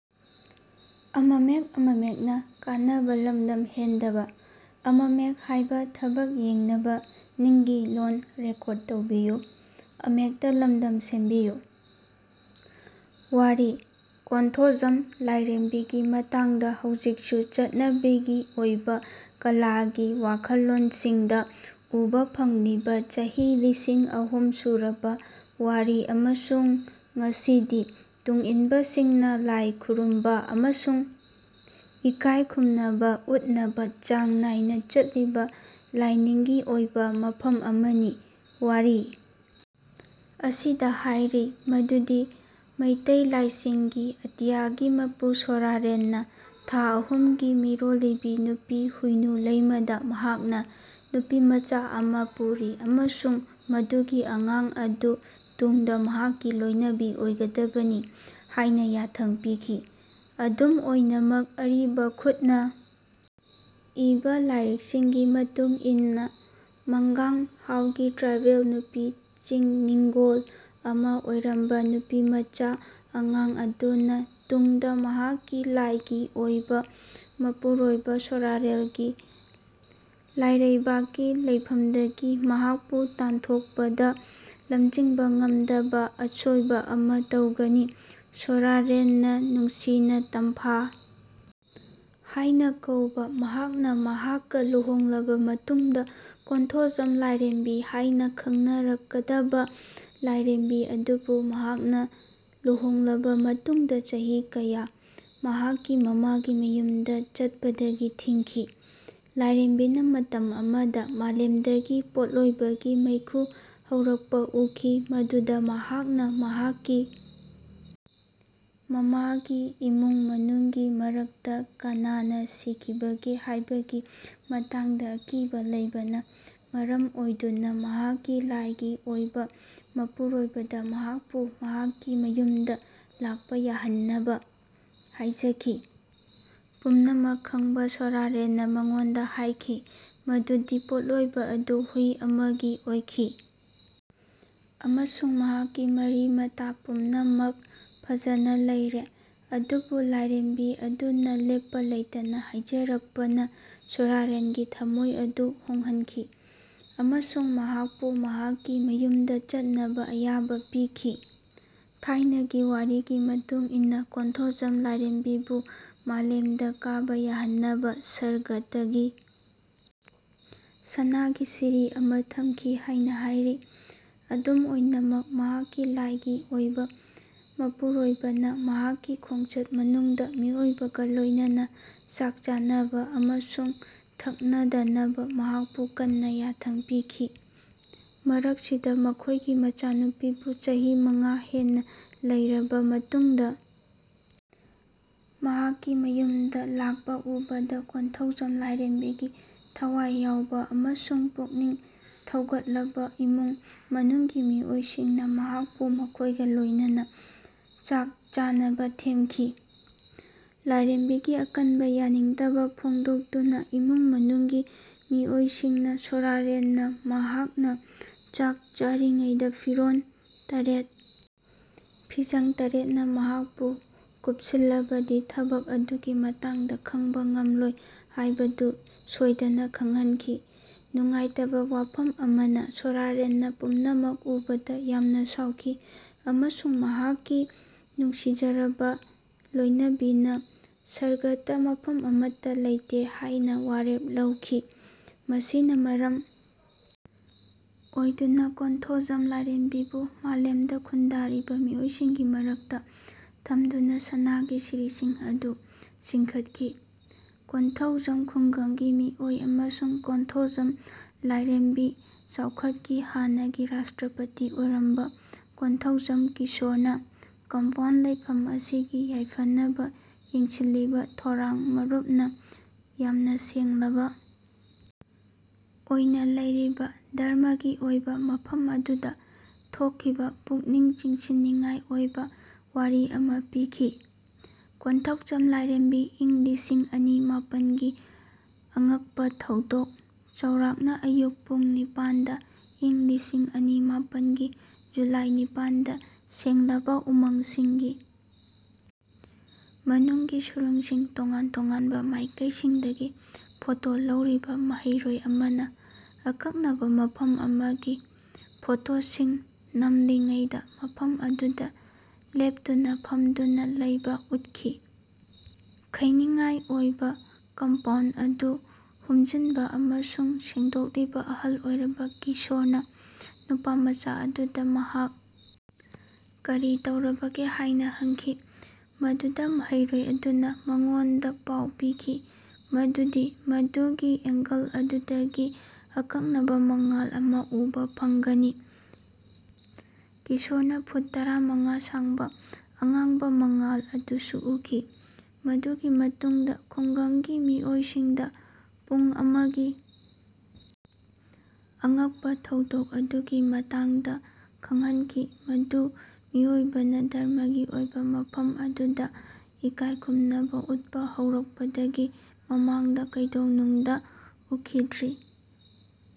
ꯋꯥꯔꯤ ꯀꯣꯟꯊꯣꯖꯝ ꯂꯥꯏꯔꯦꯝꯕꯤꯒꯤ ꯃꯇꯥꯡꯗ ꯍꯧꯖꯤꯛꯁꯨ ꯆꯠꯅꯕꯤꯒꯤ ꯑꯣꯏꯕ ꯀꯂꯥꯒꯤ ꯋꯥꯈꯜꯂꯣꯟꯁꯤꯡꯗ ꯎꯕ ꯐꯪꯂꯤꯕ ꯆꯍꯤ ꯂꯤꯁꯤꯡ ꯑꯍꯨꯝ ꯁꯨꯔꯕ ꯋꯥꯔꯤ ꯑꯃꯁꯨꯡ ꯉꯁꯤꯗꯤ ꯇꯨꯡꯏꯟꯕꯁꯤꯡꯅ ꯂꯥꯏ ꯈꯨꯔꯨꯝꯕ ꯑꯃꯁꯨꯡ ꯏꯀꯥꯏ ꯈꯨꯝꯅꯕ ꯎꯠꯅꯕ ꯆꯥꯡ ꯅꯥꯏꯅ ꯆꯠꯂꯤꯕ ꯂꯥꯏꯅꯤꯡꯒꯤ ꯑꯣꯏꯕ ꯃꯐꯝ ꯑꯃꯅꯤ꯫ ꯋꯥꯔꯤ ꯑꯁꯤꯗ ꯍꯥꯏꯔꯤ ꯃꯗꯨꯗꯤ ꯃꯩꯇꯩ ꯂꯥꯏꯁꯤꯡꯒꯤ ꯑꯇꯤꯌꯥꯒꯤ ꯃꯄꯨ ꯁꯣꯔꯥꯔꯦꯟꯅ ꯊꯥ ꯑꯍꯨꯝꯒꯤ ꯃꯤꯔꯣꯜꯂꯤꯕꯤ ꯅꯨꯄꯤ ꯍꯨꯏꯅꯨ ꯂꯩꯃꯥꯗ ꯃꯍꯥꯛꯅ ꯅꯨꯄꯤꯃꯆꯥ ꯑꯃꯥ ꯄꯨꯔꯤ ꯑꯃꯁꯨꯡ ꯃꯗꯨꯒꯤ ꯑꯉꯥꯡ ꯑꯗꯨ ꯇꯨꯡꯗ ꯃꯍꯥꯛꯀꯤ ꯂꯣꯏꯅꯕꯤ ꯑꯣꯏꯒꯗꯕꯅꯤ ꯍꯥꯏꯅ ꯌꯥꯊꯪ ꯄꯤꯈꯤ꯫ ꯑꯗꯨꯝ ꯑꯣꯏꯅꯃꯛ ꯑꯔꯤꯕ ꯈꯨꯠꯅ ꯏꯕ ꯂꯥꯏꯔꯤꯛꯁꯤꯡꯒꯤ ꯃꯇꯨꯡ ꯏꯟꯅ ꯃꯪꯒꯥꯡ ꯍꯥꯎꯒꯤ ꯇ꯭ꯔꯥꯏꯕꯦꯜ ꯅꯨꯄꯤ ꯆꯤꯡ ꯅꯤꯡꯒꯣꯜ ꯑꯃ ꯑꯣꯏꯔꯝꯕ ꯅꯨꯄꯤꯃꯆꯥ ꯑꯉꯥꯡ ꯑꯗꯨꯅ ꯇꯨꯡꯗ ꯃꯍꯥꯛꯀꯤ ꯂꯥꯏꯒꯤ ꯑꯣꯏꯕ ꯃꯄꯨꯔꯣꯏꯕ ꯁꯣꯔꯥꯔꯦꯟꯒꯤ ꯂꯥꯏꯔꯩꯕꯥꯛꯀꯤ ꯂꯩꯐꯝꯗꯒꯤ ꯃꯍꯥꯛꯄꯨ ꯇꯥꯟꯊꯣꯛꯄꯗ ꯂꯝꯖꯤꯡꯕ ꯉꯝꯗꯕ ꯑꯁꯣꯏꯕ ꯑꯃ ꯇꯧꯒꯅꯤ꯫ ꯁꯣꯔꯥꯔꯦꯟꯅ ꯅꯨꯡꯁꯤꯅ ꯇꯝꯐꯥ ꯍꯥꯏꯅ ꯀꯧꯕ ꯃꯍꯥꯛꯅ ꯃꯍꯥꯛꯀ ꯂꯨꯍꯣꯡꯂꯕ ꯃꯇꯨꯡꯗ ꯀꯣꯟꯊꯣꯖꯝ ꯂꯥꯏꯔꯦꯝꯕꯤ ꯍꯥꯏꯅ ꯈꯪꯅꯔꯛꯀꯗꯕ ꯂꯥꯏꯔꯦꯝꯕꯤ ꯑꯗꯨꯕꯨ ꯃꯍꯥꯛꯅ ꯂꯨꯍꯣꯡꯂꯕ ꯃꯇꯨꯡꯗ ꯆꯍꯤ ꯀꯌꯥ ꯃꯍꯥꯛꯀꯤ ꯃꯃꯥꯒꯤ ꯃꯌꯨꯝꯗ ꯆꯠꯄꯗꯒꯤ ꯊꯤꯡꯈꯤ꯫ ꯂꯥꯏꯔꯦꯝꯕꯤꯅ ꯃꯇꯝ ꯑꯃꯗ ꯃꯥꯂꯦꯝꯗꯒꯤ ꯄꯣꯠꯂꯣꯏꯕꯒꯤ ꯃꯩꯈꯨ ꯍꯧꯔꯛꯄ ꯎꯈꯤ ꯃꯗꯨꯗ ꯃꯍꯥꯛꯅ ꯃꯍꯥꯛꯀꯤ ꯃꯃꯥꯒꯤ ꯏꯃꯨꯡ ꯃꯅꯨꯡꯒꯤ ꯃꯔꯛꯇ ꯀꯅꯥꯅ ꯁꯤꯈꯤꯕꯒꯦ ꯍꯥꯏꯕꯒꯤ ꯃꯇꯥꯡꯗ ꯑꯀꯤꯕ ꯂꯩꯕꯅ ꯃꯔꯝ ꯑꯣꯏꯗꯨꯅ ꯃꯍꯥꯛꯀꯤ ꯂꯥꯏꯒꯤ ꯑꯣꯏꯕ ꯃꯄꯨꯔꯣꯏꯕꯗ ꯃꯍꯥꯛꯄꯨ ꯃꯍꯥꯛꯀꯤ ꯃꯌꯨꯝꯗ ꯂꯥꯛꯄ ꯌꯥꯍꯟꯅꯕ ꯍꯥꯏꯖꯈꯤ꯫ ꯄꯨꯝꯅꯃꯛ ꯈꯪꯕ ꯁꯣꯔꯥꯔꯦꯟꯅ ꯃꯉꯣꯟꯗ ꯍꯥꯏꯈꯤ ꯃꯗꯨꯗꯤ ꯄꯣꯠꯂꯣꯏꯕ ꯑꯗꯨ ꯍꯨꯏ ꯑꯃꯒꯤ ꯑꯣꯏꯈꯤ ꯑꯃꯁꯨꯡ ꯃꯍꯥꯛꯀꯤ ꯃꯔꯤ-ꯃꯇꯥ ꯄꯨꯝꯅꯃꯛ ꯐꯖꯅ ꯂꯩꯔꯦ꯫ ꯑꯗꯨꯕꯨ ꯂꯥꯏꯔꯦꯝꯕꯤ ꯑꯗꯨꯅ ꯂꯦꯞꯄ ꯂꯩꯇꯅ ꯍꯥꯏꯖꯔꯛꯄꯅ ꯁꯣꯔꯥꯔꯦꯟꯒꯤ ꯊꯃꯣꯏ ꯑꯗꯨ ꯍꯣꯡꯍꯟꯈꯤ ꯑꯃꯁꯨꯡ ꯃꯍꯥꯛꯄꯨ ꯃꯍꯥꯛꯀꯤ ꯃꯌꯨꯝꯗ ꯆꯠꯅꯕ ꯑꯌꯥꯕ ꯄꯤꯈꯤ꯫ ꯊꯥꯏꯅꯒꯤ ꯋꯥꯔꯤꯒꯤ ꯃꯇꯨꯡ ꯏꯟꯅ ꯀꯣꯟꯊꯣꯖꯝ ꯂꯥꯏꯔꯦꯝꯕꯤꯕꯨ ꯃꯥꯂꯦꯝꯗ ꯀꯥꯕ ꯌꯥꯍꯟꯅꯕ ꯁꯔꯒꯇꯒꯤ ꯁꯅꯥꯒꯤ ꯁꯤꯔꯤ ꯑꯃ ꯊꯝꯈꯤ ꯍꯥꯏꯅ ꯍꯥꯏꯔꯤ꯫ ꯑꯗꯨꯝ ꯑꯣꯏꯅꯃꯛ ꯃꯍꯥꯛꯀꯤ ꯂꯥꯏꯒꯤ ꯑꯣꯏꯕ ꯃꯄꯨꯔꯣꯏꯕꯅ ꯃꯍꯥꯛꯀꯤ ꯈꯣꯡꯆꯠ ꯃꯅꯨꯡꯗ ꯃꯤꯑꯣꯏꯕꯒ ꯂꯣꯏꯅꯅ ꯆꯥꯛ ꯆꯥꯅꯕ ꯑꯃꯁꯨꯡ ꯊꯛꯅꯗꯅꯕ ꯃꯍꯥꯛꯄꯨ ꯀꯟꯅ ꯌꯥꯊꯪ ꯄꯤꯈꯤ꯫ ꯃꯔꯛꯁꯤꯗ ꯃꯈꯣꯏꯒꯤ ꯃꯆꯥꯅꯨꯄꯤꯕꯨ ꯆꯍꯤ ꯃꯉꯥ ꯍꯦꯟꯅ ꯂꯩꯔꯕ ꯃꯇꯨꯡꯗ ꯃꯍꯥꯛꯀꯤ ꯃꯌꯨꯝꯗ ꯂꯥꯛꯄ ꯎꯕꯗ ꯀꯣꯟꯊꯧꯖꯝ ꯂꯥꯏꯔꯦꯝꯕꯤꯒꯤ ꯊꯋꯥꯏ ꯌꯥꯎꯕ ꯑꯃꯁꯨꯡ ꯄꯨꯛꯅꯤꯡ ꯊꯧꯒꯠꯂꯕ ꯏꯃꯨꯡ ꯃꯅꯨꯡꯒꯤ ꯃꯤꯑꯣꯏꯁꯤꯡꯅ ꯃꯍꯥꯛꯄꯨ ꯃꯈꯣꯏꯒ ꯂꯣꯏꯅꯅ ꯆꯥꯛ ꯆꯥꯅꯕ ꯊꯦꯝꯈꯤ꯫ ꯂꯥꯏꯔꯦꯝꯕꯤꯒꯤ ꯑꯀꯟꯕ ꯌꯥꯅꯤꯡꯗꯕ ꯐꯣꯡꯗꯣꯛꯇꯨꯅ ꯏꯃꯨꯡ ꯃꯅꯨꯡꯒꯤ ꯃꯤꯑꯣꯏꯁꯤꯡꯅ ꯁꯣꯔꯥꯔꯦꯟꯅ ꯃꯍꯥꯛꯅ ꯆꯥꯛ ꯆꯥꯔꯤꯉꯩꯗ ꯐꯤꯔꯣꯜ ꯇꯔꯦꯠ ꯐꯤꯖꯥꯡ ꯇꯥꯔꯦꯠꯅ ꯃꯍꯥꯛꯄꯨ ꯀꯨꯞꯁꯤꯜꯂꯕꯗꯤ ꯊꯕꯛ ꯑꯗꯨꯒꯤ ꯃꯇꯥꯡꯗ ꯈꯪꯕ ꯉꯝꯂꯣꯏ ꯍꯥꯏꯕꯗꯨ ꯁꯣꯏꯗꯅ ꯈꯪꯍꯟꯈꯤ꯫ ꯅꯨꯡꯉꯥꯏꯇꯕ ꯋꯥꯐꯝ ꯑꯃꯅ ꯁꯣꯔꯥꯔꯦꯟꯅ ꯄꯨꯝꯅꯃꯛ ꯎꯕꯗ ꯌꯥꯝꯅ ꯁꯥꯎꯈꯤ ꯑꯃꯁꯨꯡ ꯃꯍꯥꯛꯀꯤ ꯅꯨꯡꯁꯤꯖꯔꯕ ꯂꯣꯏꯅꯕꯤꯅ ꯁꯔꯒꯇ ꯃꯐꯝ ꯑꯃꯠꯇ ꯂꯩꯇꯦ ꯍꯥꯏꯅ ꯋꯥꯔꯦꯞ ꯂꯧꯈꯤ꯫ ꯃꯁꯤꯅ ꯃꯔꯝ ꯑꯣꯏꯗꯨꯅ ꯀꯣꯟꯊꯣꯖꯝ ꯂꯥꯏꯔꯦꯝꯕꯤꯕꯨ ꯃꯥꯂꯦꯝꯗ ꯈꯨꯟꯗꯥꯔꯤꯕ ꯃꯤꯑꯣꯏꯁꯤꯡꯒꯤ ꯃꯔꯛꯇ ꯊꯝꯗꯨꯅ ꯁꯅꯥꯒꯤ ꯁꯤꯔꯤꯁꯤꯡ ꯑꯗꯨ ꯆꯤꯡꯈꯠꯈꯤ꯫ ꯀꯣꯟꯊꯧꯖꯝ ꯈꯨꯡꯒꯪꯒꯤ ꯃꯤꯑꯣꯏ ꯑꯃꯁꯨꯡ ꯀꯣꯟꯊꯣꯖꯝ ꯂꯥꯏꯔꯦꯝꯕꯤ ꯆꯥꯎꯈꯠꯀꯤ ꯍꯥꯟꯅꯒꯤ ꯔꯥꯁꯇ꯭ꯔꯄꯇꯤ ꯑꯣꯏꯔꯝꯕ ꯀꯣꯟꯊꯧꯖꯝ ꯀꯤꯁꯣꯔꯅ ꯀꯝꯄꯥꯎꯟꯗ ꯂꯩꯐꯝ ꯑꯁꯤꯒꯤ ꯌꯥꯏꯐꯅꯕ ꯌꯦꯡꯁꯤꯜꯂꯤꯕ ꯊꯣꯔꯥꯡ ꯃꯥꯔꯨꯞꯅ ꯌꯥꯝꯅ ꯁꯦꯡꯂꯕ ꯑꯣꯏꯅ ꯂꯧꯅꯔꯤꯕ ꯙꯔꯃꯒꯤ ꯑꯣꯏꯕ ꯃꯐꯝ ꯑꯗꯨꯗ ꯊꯣꯛꯈꯤꯕ ꯄꯨꯛꯅꯤꯡ ꯆꯤꯡꯁꯤꯟꯅꯤꯡꯉꯥꯏ ꯑꯣꯏꯕ ꯋꯥꯔꯤ ꯑꯃ ꯄꯤꯈꯤ꯫ ꯀꯣꯟꯊꯧꯖꯝ ꯂꯥꯏꯔꯦꯝꯕꯤ ꯏꯪ ꯂꯤꯁꯤꯡ ꯑꯅꯤ ꯃꯥꯄꯟꯒꯤ ꯑꯉꯛꯄ ꯊꯧꯗꯣꯛ ꯆꯥꯎꯔꯥꯛꯅ ꯑꯌꯨꯛ ꯄꯨꯡ ꯅꯤꯄꯥꯜꯗ ꯏꯪ ꯂꯤꯁꯤꯡ ꯑꯅꯤ ꯃꯥꯄꯟꯒꯤ ꯖꯨꯂꯥꯏ ꯅꯤꯄꯥꯟꯗ ꯁꯦꯡꯂꯕ ꯎꯃꯪꯁꯤꯡꯒꯤ ꯃꯅꯨꯡꯒꯤ ꯁꯔꯨꯛꯁꯤꯡ ꯇꯣꯉꯥꯟ ꯇꯣꯉꯥꯟꯕ ꯃꯥꯏꯀꯩꯁꯤꯡꯗꯒꯤ ꯐꯣꯇꯣ ꯂꯧꯔꯤꯕ ꯃꯍꯩꯔꯣꯏ ꯑꯃꯅ ꯑꯀꯛꯅꯕ ꯃꯐꯝ ꯑꯃꯒꯤ ꯐꯣꯇꯣꯁꯤꯡ ꯅꯝꯂꯤꯉꯩꯗ ꯃꯐꯝ ꯑꯗꯨꯗ ꯂꯦꯞꯇꯨꯅ ꯐꯝꯗꯨꯅ ꯂꯩꯕ ꯎꯠꯈꯤ꯫ ꯈꯩꯅꯤꯡꯉꯥꯏ ꯑꯣꯏꯅ ꯀꯝꯄꯥꯎꯟꯗ ꯑꯗꯨ ꯍꯨꯝꯖꯤꯟꯕ ꯑꯃꯁꯨꯡ ꯁꯦꯡꯗꯣꯛꯂꯤꯕ ꯑꯍꯜ ꯑꯣꯏꯔꯕ ꯀꯤꯁꯣꯔꯅ ꯅꯨꯄꯥꯃꯆꯥ ꯑꯗꯨꯗ ꯃꯍꯥꯛ ꯀꯔꯤ ꯇꯧꯔꯤꯕꯒꯦ ꯍꯥꯏꯅ ꯍꯪꯈꯤ ꯃꯗꯨꯗ ꯃꯍꯩꯔꯣꯏ ꯑꯗꯨꯅ ꯃꯉꯣꯟꯗ ꯄꯥꯎ ꯄꯤꯈꯤ ꯃꯗꯨꯗꯤ ꯃꯗꯨꯒꯤ ꯑꯦꯡꯒꯜ ꯑꯗꯨꯗꯒꯤ ꯑꯀꯛꯅꯕ ꯃꯉꯥꯜ ꯑꯃ ꯎꯕ ꯐꯪꯒꯅꯤ꯫ ꯀꯤꯁꯣꯔꯅ ꯐꯨꯠ ꯇꯔꯥꯃꯉꯥ ꯁꯥꯡꯕ ꯑꯉꯥꯡꯕ ꯃꯉꯥꯜ ꯑꯗꯨꯁꯨ ꯎꯈꯤ ꯃꯗꯨꯒꯤ ꯃꯇꯨꯡꯗ ꯈꯨꯡꯒꯪꯒꯤ ꯃꯤꯑꯣꯏꯁꯤꯡꯗ ꯄꯨꯡ ꯑꯃꯒꯤ ꯑꯉꯛꯄ ꯊꯧꯗꯣꯛ ꯑꯗꯨꯒꯤ ꯃꯇꯥꯡꯗ ꯈꯪꯍꯟꯈꯤ ꯃꯗꯨ ꯃꯤꯑꯣꯏꯕꯅ ꯙꯔꯃꯒꯤ ꯑꯣꯏꯕ ꯃꯐꯝ ꯑꯗꯨꯗ ꯏꯀꯥꯏ ꯈꯨꯝꯅꯕ ꯎꯠꯄ ꯍꯧꯔꯛꯄꯗꯒꯤ ꯃꯃꯥꯡꯗ ꯀꯩꯗꯧꯅꯨꯡꯗ ꯎꯈꯤꯗ꯭ꯔꯤ꯫